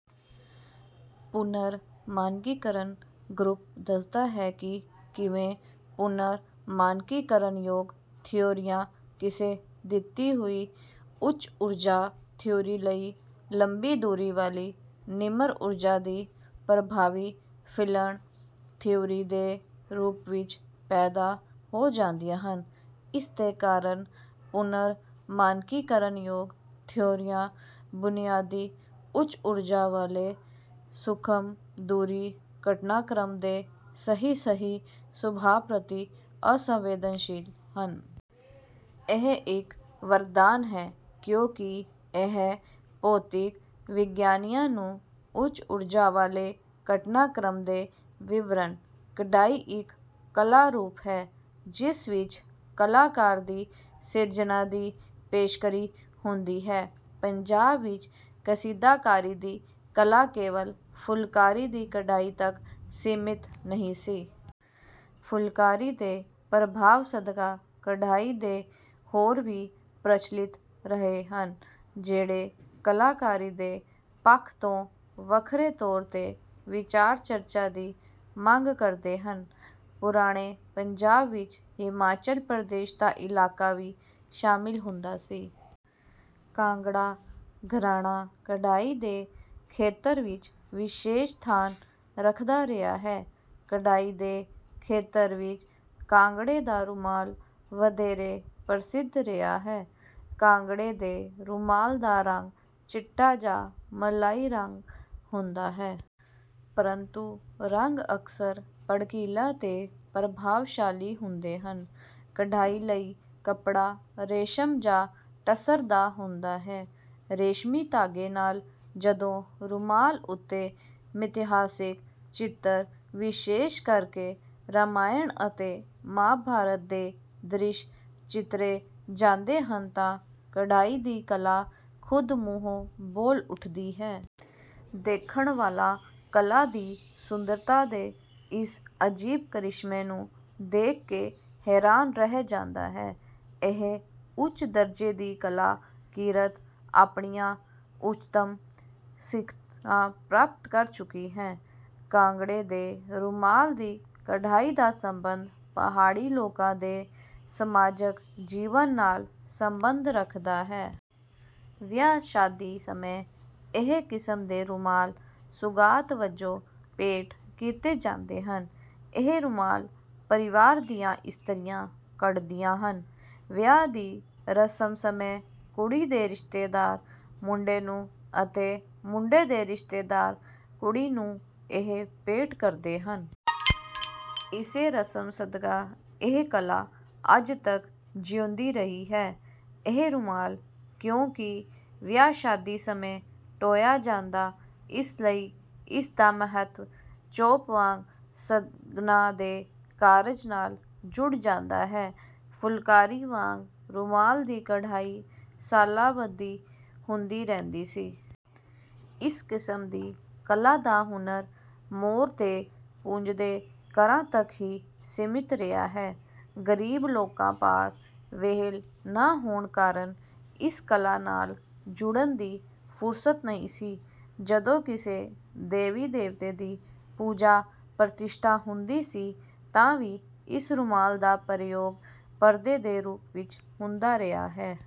ਪੁਨਰ-ਮਾਨਕੀਕਰਨ group ਦੱਸਦਾ ਹੈ ਕਿ ਕਿਵੇਂ ਪੁਨਰ-ਮਾਨਕੀਕਰਨਯੋਗ ਥਿਊਰੀਆਂ ਕਿਸੇ ਦਿੱਤੀ ਹੋਈ ਉੱਚ-ਊਰਜਾ ਥਿਊਰੀ ਲਈ ਲੰਬੀ ਦੂਰੀ ਵਾਲੀ ਨਿਮਰ-ਊਰਜਾ ਦੀ ਪ੍ਰਭਾਵੀ ਫੀਲਡ ਥਿਊਰੀ ਦੇ ਰੂਪ ਵਿੱਚ ਪੈਦਾ ਹੋ ਜਾਂਦੀਆਂ ਹਨ। ਇਸਦੇ ਕਾਰਨ ਪੁਨਰ-ਮਾਨਕੀਕਰਨਯੋਗ ਥਿਊਰੀਆਂ ਬੁਨਿਆਦੀ ਉੱਚ-ਊਰਜਾ ਵਾਲੇ ਸੂਖਮ-ਦੂਰੀ ਘਟਨਾਕ੍ਰਮ ਦੇ ਸਹੀ ਸਹੀ ਸੁਭਾਅ ਪ੍ਰਤਿ ਅਸੰਵੇਦਨਸ਼ੀਲ ਹਨ। ਇਹ ਇੱਕ ਵਰਦਾਨ ਹੈ ਕਿਉਂਕਿ ਇਹ ਭੌਤਿਕ ਵਿਗਿਆਨੀਆਂ ਨੂੰ ਉੱਚ-ਊਰਜਾ ਵਾਲੇ ਘਟਨਾਕ੍ਰਮ ਦੇ ਵਿਵਰਣ। ਕਢਾਈ ਇੱਕ ਕਲਾ ਰੂਪ ਹੈ ਜਿਸ ਵਿੱਚ ਕਲਾਕਾਰ ਦੀ ਸਿਰਜਨਾ ਦੀ ਪੇਸ਼ਕਰੀ ਹੁੰਦੀ ਹੈ। ਪੰਜਾਬ ਵਿਚ ਕਸੀਦਾਕਾਰੀ ਦੀ ਕਲਾ ਕੇਵਲ ਫੁਲਕਾਰੀ ਦੀ ਕਢਾਈ ਤੱਕ ਸੀਮਤ ਨਹੀਂ ਸੀ। ਫੁਲਕਾਰੀ ਦੇ ਪ੍ਰਭਾਵ ਸਦਕਾ ਕਢਾਈ ਦੇ ਹੋਰ ਵੀ ਪ੍ਰਚਲਿਤ ਰਹੇ ਹਨ ਜਿਹੜੇ ਕਲਾਕਾਰੀ ਦੇ ਪੱਖ ਤੋਂ ਵੱਖਰੇ ਤੌਰ ਤੇ ਵਿਚਾਰ ਚਰਚਾ ਦੀ ਮੰਗ ਕਰਦੇ ਹਨ। ਪੁਰਾਣੇ ਪੰਜਾਬ ਵਿਚ ਹਿਮਾਚਲ ਪ੍ਰਦੇਸ਼ ਦਾ ਇਲਾਕਾ ਵੀ ਸ਼ਾਮਿਲ ਹੁੰਦਾ ਸੀ। ਕਾਂਗੜਾ ਘਰਾਣਾ ਕਢਾਈ ਦੇ ਖੇਤਰ ਵਿਚ ਵਿਸ਼ੇਸ਼ ਸਥਾਨ ਰੱਖਦਾ ਰਿਹਾ ਹੈ। ਕਢਾਈ ਦੇ ਖੇਤਰ ਵਿਚ ਕਾਂਗੜੇ ਦਾ ਰੁਮਾਲ ਵਧੇਰੇ ਪ੍ਰਸਿੱਧ ਰਿਹਾ ਹੈ। ਕਾਂਗੜੇ ਦੇ ਰੁਮਾਲ ਦਾ ਰੰਗ ਚਿੱਟਾ ਜਾਂ ਮਲਾਈ ਰੰਗ ਹੁੰਦਾ ਹੈ। ਪਰੰਤੂ ਰੰਗ ਅਕਸਰ ਭੜਕੀਲੇ ਤੇ ਪ੍ਰਭਾਵਸ਼ਾਲੀ ਹੁੰਦੇ ਹਨ। ਕਢਾਈ ਲਈ ਕੱਪੜਾ ਰੇਸ਼ਮ ਜਾਂ ਟਸਰ ਦਾ ਹੁੰਦਾ ਹੈ। ਰੇਸ਼ਮੀ ਧਾਗੇ ਨਾਲ ਜਦੋਂ ਰੁਮਾਲ ਉੱਤੇ ਮਿਥਿਹਾਸਿਕ ਚਿੱਤਰ ਵਿਸ਼ੇਸ਼ ਕਰਕੇ ਰਮਾਇਣ ਅਤੇ ਮਹਾਂਭਾਰਤ ਦੇ ਦ੍ਰਿਸ਼ ਚਿੱਤਰੇ ਜਾਂਦੇ ਹਨ ਤਾਂ ਕਢਾਈ ਦੀ ਕਲਾ ਖ਼ੁਦ ਮੂੰਹੋਂ ਬੋਲ ਉਠਦੀ ਹੈ। ਦੇਖਣ ਵਾਲਾ ਕਲਾ ਦੀ ਸੁੰਦਰਤਾ ਦੇ ਇਸ ਅਜੀਬ ਕ੍ਰਿਸ਼ਮੇ ਨੂੰ ਦੇਖ ਕੇ ਹੈਰਾਨ ਰਹਿ ਜਾਂਦਾ ਹੈ। ਇਹ ਉੱਚ-ਦਰਜੇ ਦੀ ਕਲਾ ਕਿਰਤ ਆਪਣੀਆਂ ਉਚਤਮ ਸਿਖਰਾਂ ਪ੍ਰਾਪਤ ਕਰ ਚੁੱਕੀ ਹੈ। ਕਾਂਗੜੇ ਦੇ ਰੁਮਾਲ ਦੀ ਕਢਾਈ ਦਾ ਸੰਬੰਧ ਪਹਾੜੀ ਲੋਕਾਂ ਦੇ ਸਮਾਜਕ ਜੀਵਨ ਨਾਲ ਸੰਬੰਧ ਰੱਖਦਾ ਹੈ। ਵਿਆਹ ਸ਼ਾਦੀ ਸਮੇਂ ਇਸ ਕਿਸਮ ਦੇ ਰੁਮਾਲ ਸੁਗਾਤ ਵਜੋਂ ਭੇਟ ਕੀਤੇ ਜਾਂਦੇ ਹਨ। ਇਹ ਰੁਮਾਲ ਪਰਿਵਾਰ ਦੀਆਂ ਇਸਤਰੀਆਂ ਕੱਢਦੀਆਂ ਹਨ। ਵਿਆਹ ਦੀ ਰਸਮ ਸਮੇਂ ਕੁੜੀ ਦੇ ਰਿਸ਼ਤੇਦਾਰ ਮੁੰਡੇ ਨੂੰ ਅਤੇ ਮੁੰਡੇ ਦੇ ਰਿਸ਼ਤੇਦਾਰ ਕੁੜੀ ਨੂੰ ਇਹ ਭੇਂਟ ਕਰਦੇ ਹਨ। ਇਸੇ ਰਸਮ ਸਦਕਾ ਇਹ ਕਲਾ ਅੱਜ ਤੱਕ ਜਿਊਂਦੀ ਰਹੀ ਹੈ। ਇਹ ਰੁਮਾਲ ਕਿਉਂਕਿ ਵਿਆਹ ਸ਼ਾਦੀ ਸਮੇਂ ਢੋਇਆ ਜਾਂਦਾ ਇਸ ਲਈ ਇਸ ਦਾ ਮਹੱਤਵ ਚੋਪ ਵਾਂਗ ਸ਼ਗਨਾਂ ਦੇ ਕਾਰਜ ਨਾਲ ਜੁੜ ਜਾਂਦਾ ਹੈ। ਫੁਲਕਾਰੀ ਵਾਂਗ ਰੁਮਾਲ ਦੀ ਕਢਾਈ ਸਾਲਾਂ ਬੱਦੀ ਹੁੰਦੀ ਰਹਿੰਦੀ ਸੀ। ਇਸ ਕਿਸਮ ਦੀ ਕਲਾ ਦਾ ਹੁਨਰ ਮੋਰ ਦੇ ਪੁੱਜਦੇ ਘਰਾਂ ਤੱਕ ਹੀ ਸੀਮਿਤ ਰਿਹਾ ਹੈ। ਗ਼ਰੀਬ ਲੋਕਾਂ ਪਾਸ ਵਿਹਲ ਨਾ ਹੋਣ ਕਾਰਣ ਇਸ ਕਲਾ ਨਾਲ ਜੁੜਨ ਦੀ ਫੁਰਸਤ ਨਹੀਂ ਸੀ। ਜਦੋਂ ਕਿਸੇ ਦੇਵੀ ਦੇਵਤੇ ਦੀ ਪੂਜਾ ਪ੍ਰਤਿਸ਼ਠਾ ਹੁੰਦੀ ਸੀ ਤਾਂ ਵੀ ਇਸ ਰੁਮਾਲ ਦਾ ਪ੍ਰਯੋਗ ਪਰਦੇ ਦੇ ਰੂਪ ਵਿਚ ਹੁੰਦਾ ਰਿਹਾ ਹੈ।